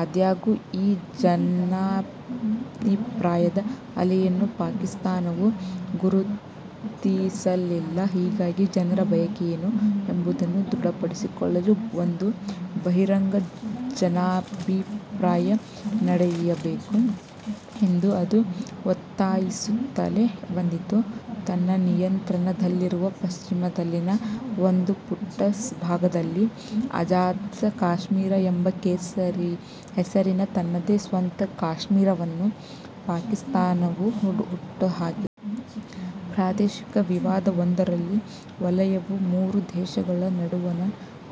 ಆದಾಗ್ಯೂ, ಈ ಜನಾಭಿಪ್ರಾಯದ ಅಲೆಯನ್ನು ಪಾಕಿಸ್ತಾನವು ಗುರುತಿಸಲಿಲ್ಲ. ಹೀಗಾಗಿ ಜನರ ಬಯಕೆಯೇನು ಎಂಬುದನ್ನು ದೃಢಪಡಿಸಿಕೊಳ್ಳಲು ಒಂದು ಬಹಿರಂಗ ಜನಾಭಿಪ್ರಾಯ ನಡೆಯಬೇಕು ಎಂದು ಅದು ಒತ್ತಾಯಿಸುತ್ತಲೇ ಬಂದಿತು. ತನ್ನ ನಿಯಂತ್ರಣದಲ್ಲಿರುವ ಪಶ್ಚಿಮದಲ್ಲಿನ ಒಂದು ಪುಟ್ಟ ಭಾಗದಲ್ಲಿ ಅಜಾದ್ ಕಾಶ್ಮೀರ ಎಂಬ ಹೆಸರಿನ ತನ್ನದೇ ಸ್ವಂತ ಕಾಶ್ಮೀರವನ್ನು ಪಾಕಿಸ್ತಾನವು ಹುಟ್ಟುಹಾಕಿತು. ಪ್ರಾದೇಶಿಕ ವಿವಾದವೊಂದರಲ್ಲಿ ವಲಯವು ಮೂರು ದೇಶಗಳ ನಡುವಣ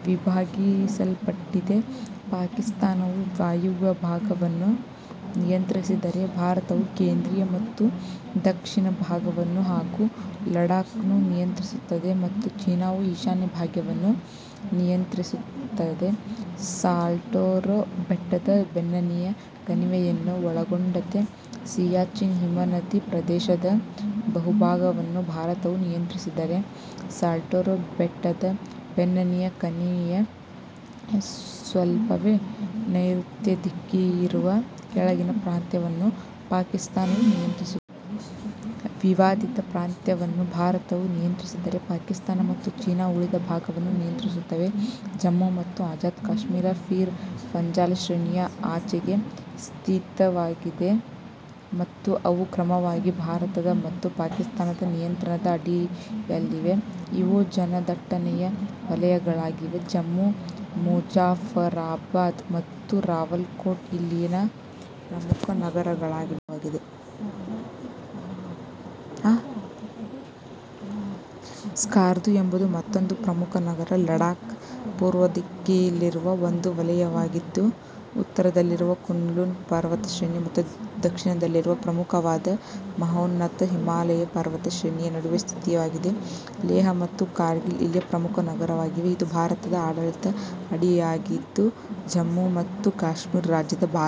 ವಿಭಾಗಿಸಲ್ಪಟ್ಟಿದೆ: ಪಾಕಿಸ್ತಾನವು ವಾಯವ್ಯ ಭಾಗವನ್ನು ನಿಯಂತ್ರಿಸಿದರೆ, ಭಾರತವು ಕೇಂದ್ರೀಯ ಮತ್ತು ದಕ್ಷಿಣ ಭಾಗವನ್ನು ಹಾಗೂ ಲಡಾಖ್ನ್ನು ನಿಯಂತ್ರಿಸುತ್ತದೆ, ಮತ್ತು ಚೀನಾವು ಈಶಾನ್ಯ ಭಾಗವನ್ನು ನಿಯಂತ್ರಿಸುತ್ತದೆ. ಸಾಲ್ಟೋರೋ ಬೆಟ್ಟದ ಬೆನ್ನೇಣಿನ ಕಣಿವೆಯನ್ನು ಒಳಗೊಂಡಂತೆ ಸಿಯಾಚಿನ್ ಹಿಮನದಿ ಪ್ರದೇಶದ ಬಹುಭಾಗವನ್ನು ಭಾರತವು ನಿಯಂತ್ರಿಸಿದರೆ, ಸಾಲ್ಟೋರೋ ಬೆಟ್ಟದ ಬೆನ್ನೇಣಿನ ಕಣಿವೆಯ ಸ್ವಲ್ಪವೇ ನೈರುತ್ಯ ದಿಕ್ಕಿಗಿರುವ ಕೆಳಗಿನ ಪ್ರಾಂತ್ಯವನ್ನು ಪಾಕಿಸ್ತಾನವು ನಿಯಂತ್ರಿಸುತ್ತದೆ. ವಿವಾದಿತ ಪ್ರಾಂತ್ಯವನ್ನು ಭಾರತವು ನಿಯಂತ್ರಿಸಿದರೆ, ಪಾಕಿಸ್ತಾನ ಮತ್ತು ಚೀನಾ, ಉಳಿದ ಭಾಗವನ್ನು ನಿಯಂತ್ರಿಸುತ್ತವೆ. ಜಮ್ಮು ಮತ್ತು ಅಜಾದ್ ಕಾಶ್ಮೀರ, ಪೀರ್ ಪಂಜಾಲ್ ಶ್ರೇಣಿಯ ಆಚೆಗೆ ಸ್ಥಿತವಾಗಿವೆ, ಮತ್ತು ಅವು ಕ್ರಮವಾಗಿ ಭಾರತದ ಮತ್ತು ಪಾಕಿಸ್ತಾನದ ನಿಯಂತ್ರಣದ ಅಡಿಯಲ್ಲಿವೆ. ಇವು ಜನದಟ್ಟಣೆಯ ವಲಯಗಳಾಗಿವೆ. ಜಮ್ಮು, ಮುಝಾಫರಾಬಾದ್ ಮತ್ತು ರಾವಲಕೋಟ್ ಇಲ್ಲಿನ ಪ್ರಮುಖ ನಗರಗಳಾಗಿವೆ. ಸ್ಕಾರ್ದು ಎಂಬುದು ಮತ್ತೊಂದು ಪ್ರಮುಖ ನಗರ. ಲಡಾಖ್, ಪೂರ್ವದಿಕ್ಕಿಗಿರುವ ಒಂದು ವಲಯವಾಗಿದ್ದು, ಉತ್ತರದಲ್ಲಿರುವ ಕುನ್ಲುನ್ ಪರ್ವತಶ್ರೇಣಿ ಮತ್ತು ದಕ್ಷಿಣದಲ್ಲಿರುವ ಪ್ರಮುಖವಾದ ಮಹೋನ್ನತ ಹಿಮಾಲಯ ಪರ್ವತ ಶ್ರೇಣಿಯ ನಡುವೆ ಸ್ಥಿತವಾಗಿದೆ. ಲೆಹ್ ಮತ್ತು ಕಾರ್ಗಿಲ್ ಇಲ್ಲಿನ ಪ್ರಮುಖ ನಗರಗಳಾಗಿವೆ. ಇದು ಭಾರತದ ಆಡಳಿತದ ಅಡಿಯಗಿದ್ದು, ಜಮ್ಮು ಮತ್ತು ಕಾಶ್ಮೀರ ರಾಜ್ಯದ ಭಾಗ